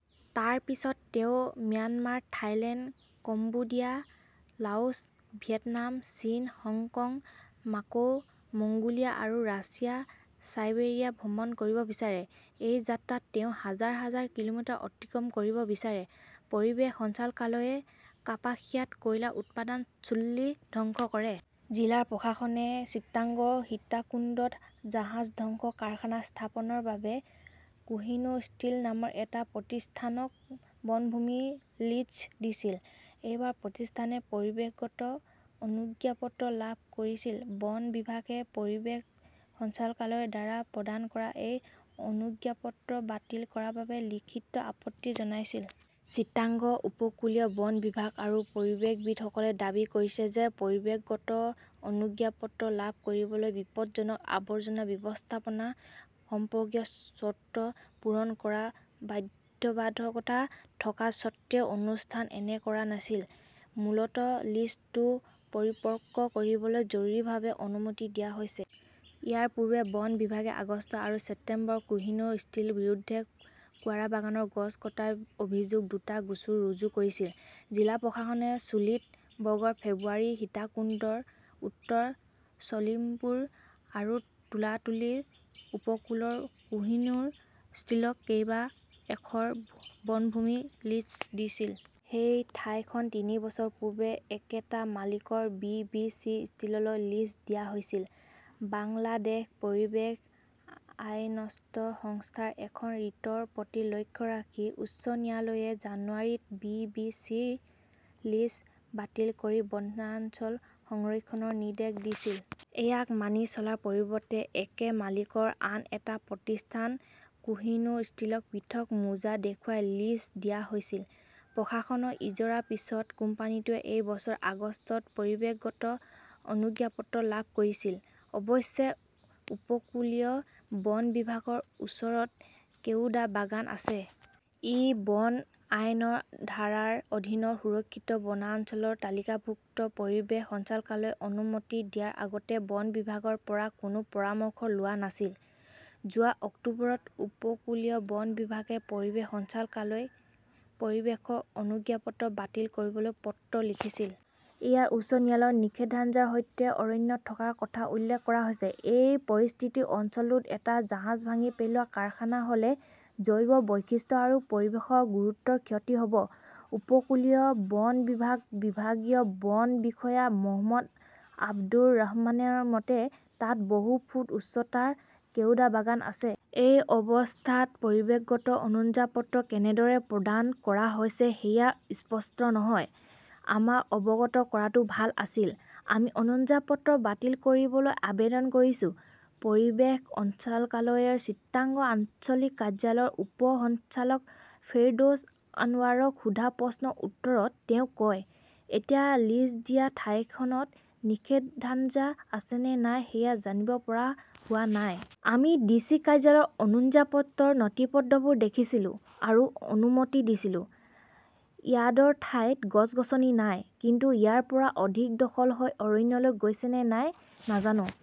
তাৰ পিছত তেওঁ Myanmar, Thailand, Cambodia, Laos, Vietnam, চীন, হংকং, মাকৌ, মংগোলিয়া আৰু ৰাছিয়া চাইবেৰিয়া ভ্ৰমণ কৰিব বিচাৰে। এই যাত্ৰাত তেওঁ হাজাৰ হাজাৰ কিলোমিটাৰ অতিক্ৰম কৰিব বিচাৰে। পৰিৱেশ সঞ্চালকালয়ে কাপাসিয়াত কয়লা উৎপাদন চুল্লী ধ্বংস কৰে। জিলা প্ৰশাসনে চিটাগংৰ সীতাকুণ্ডত জাহাজ ধ্বংস কাৰখানা স্থাপনৰ বাবে কোহিনুৰ ষ্টীল নামৰ এটা প্ৰতিষ্ঠানক বনভূমি লিজ দিছিল। এইবাৰ প্ৰতিষ্ঠানে পৰিৱেশগত অনুজ্ঞাপত্ৰ লাভ কৰিছিল। বন বিভাগে পৰিৱেশ সঞ্চালকালয়ৰ দ্বাৰা প্ৰদান কৰা এই অনুজ্ঞাপত্ৰ বাতিল কৰাৰ বাবে লিখিত আপত্তি জনাইছিল। চিটাগং উপকূলীয় বন বিভাগ আৰু পৰিৱেশবিদসকলে দাবী কৰিছে যে পৰিৱেশগত অনুজ্ঞাপত্ৰ লাভ কৰিবলৈ বিপদজনক আৱৰ্জনা ব্যৱস্থাপনা সম্পৰ্কীয় চৰ্ত পূৰণ কৰাৰ বাধ্যবাধকতা থকা স্বত্বেও প্ৰতিষ্ঠানে এনে কৰা নাছিল। মূলতঃ লিজটো পৰিপক্ক কৰিবলৈ জৰুৰীভাৱে অনুমতি দিয়া হৈছে। ইয়াৰ পূৰ্বে বন বিভাগে আগষ্ট আৰু ছেপ্টেম্বৰত কোহিনুৰ ষ্টীলৰ বিৰুদ্ধে কোৱাৰাবাগানৰ গছ কটাৰ অভিযোগত দুটা গোচৰ ৰুজু কৰিছিল। জিলা প্ৰশাসনে চলিত বৰ্ষৰ ফেব্ৰুৱাৰীত সীতাকুণ্ডৰ উত্তৰ চলিমপুৰ আৰু তুলাতলি উপকূলৰ কোহিনুৰ ষ্টিলক কেইবা একৰ বনভূমি লিজ দিছিল। সেই ঠাইখন তিনি বছৰ পূৰ্বে একেটা মালিকৰ বি. বি. চি. ষ্টীললৈ লিজ দিয়া হৈছিল। বাংলাদেশ পৰিৱেশ আইনজ্ঞ সংস্থাৰ এখন ৰিটৰ প্ৰতি লক্ষ্য ৰাখি উচ্চ ন্যায়ালয়ে জানুৱাৰীত বি. বি. চি. -ৰ লিজ বাতিল কৰি বনাঞ্চল সংৰক্ষণৰ নিৰ্দেশ দিছিল। ইয়াক মানি চলাৰ পৰিৱৰ্তে একে মালিকৰ আন এটা প্ৰতিষ্ঠান কোহিনুৰ ষ্টীলক পৃথক মোজা দেখুৱাই লিজ দিয়া হৈছিল। প্ৰশাসনৰ ইজৰাৰ পিছত কোম্পানীটোৱে এই বছৰৰ আগষ্টত পৰিৱেশগত অনুজ্ঞাপত্ৰ লাভ কৰিছিল। অৱশ্যে, উপকূলীয় বন বিভাগৰ ওচৰত কেওডা বাগান আছে। ই বন আইনৰ ধাৰাৰ অধীনত সংৰক্ষিত বনাঞ্চলৰ তালিকাভুক্ত। পৰিৱেশ সঞ্চালকালয়ে অনুমতি দিয়াৰ আগতে বন বিভাগৰ পৰা কোনো পৰামৰ্শ লোৱা নাছিল। যোৱা অক্টোবৰত উপকূলীয় বন বিভাগে পৰিৱেশ সঞ্চালকালয়ক পৰিৱেশৰ অনুজ্ঞাপত্ৰ বাতিল কৰিবলৈ পত্ৰ লিখিছিল। ইয়াত উচ্চ ন্যায়ালয়ৰ নিষেধাজ্ঞাৰ সৈতে অৰণ্য থকাৰ কথা উল্লেখ কৰা হৈছে। এই পৰিস্থিতিত অঞ্চলটোত এটা জাহাজ ভাঙি পেলোৱা কাৰখানা হ'লে জৈৱ বৈচিত্ৰ্য আৰু পৰিৱেশৰ গুৰুতৰ ক্ষতি হ'ব। উপকূলীয় বন বিভাগৰ বিভাগীয় বন বিষয়া মহম্মদ আবদুৰ ৰহমানৰ মতে, তাত বহু ফুট উচ্চতাৰ কেওডা বাগান আছে। এই অৱস্থাত পৰিৱেশগত অনুজ্ঞাপত্ৰ কেনেদৰে প্ৰদান কৰা হৈছিল সেয়া স্পষ্ট নহয়। আমাক অৱগত কৰাটো ভাল আছিল। আমি অনুজ্ঞাপত্ৰ বাতিল কৰিবলৈ আবেদন কৰিছো। পৰিৱেশ সঞ্চালকালয়ৰ চিটাগং আঞ্চলিক কাৰ্যালয়ৰ উপ সঞ্চালক ফেৰদৌছ আনৱাৰক সোধা প্ৰশ্নৰ উত্তৰত তেওঁ কয়, এতিয়া লিজ দিয়া ঠাইখনত নিষেধাজ্ঞা আছে নে নাই সেয়া জানিব পৰা হোৱা নাই। আমি ডিচি কাৰ্যালয়ৰ অনুজ্ঞাপত্ৰৰ নথিপত্ৰবোৰ দেখিছিলোঁ আৰু অনুমতি দিছিলোঁ। ইয়াৰ্ডৰ ঠাইত গছ-গছনি নাই। কিন্তু ইয়াৰ পৰা অধিক দখল হৈ অৰণ্যলৈ গৈছে নে নাই নাজানো।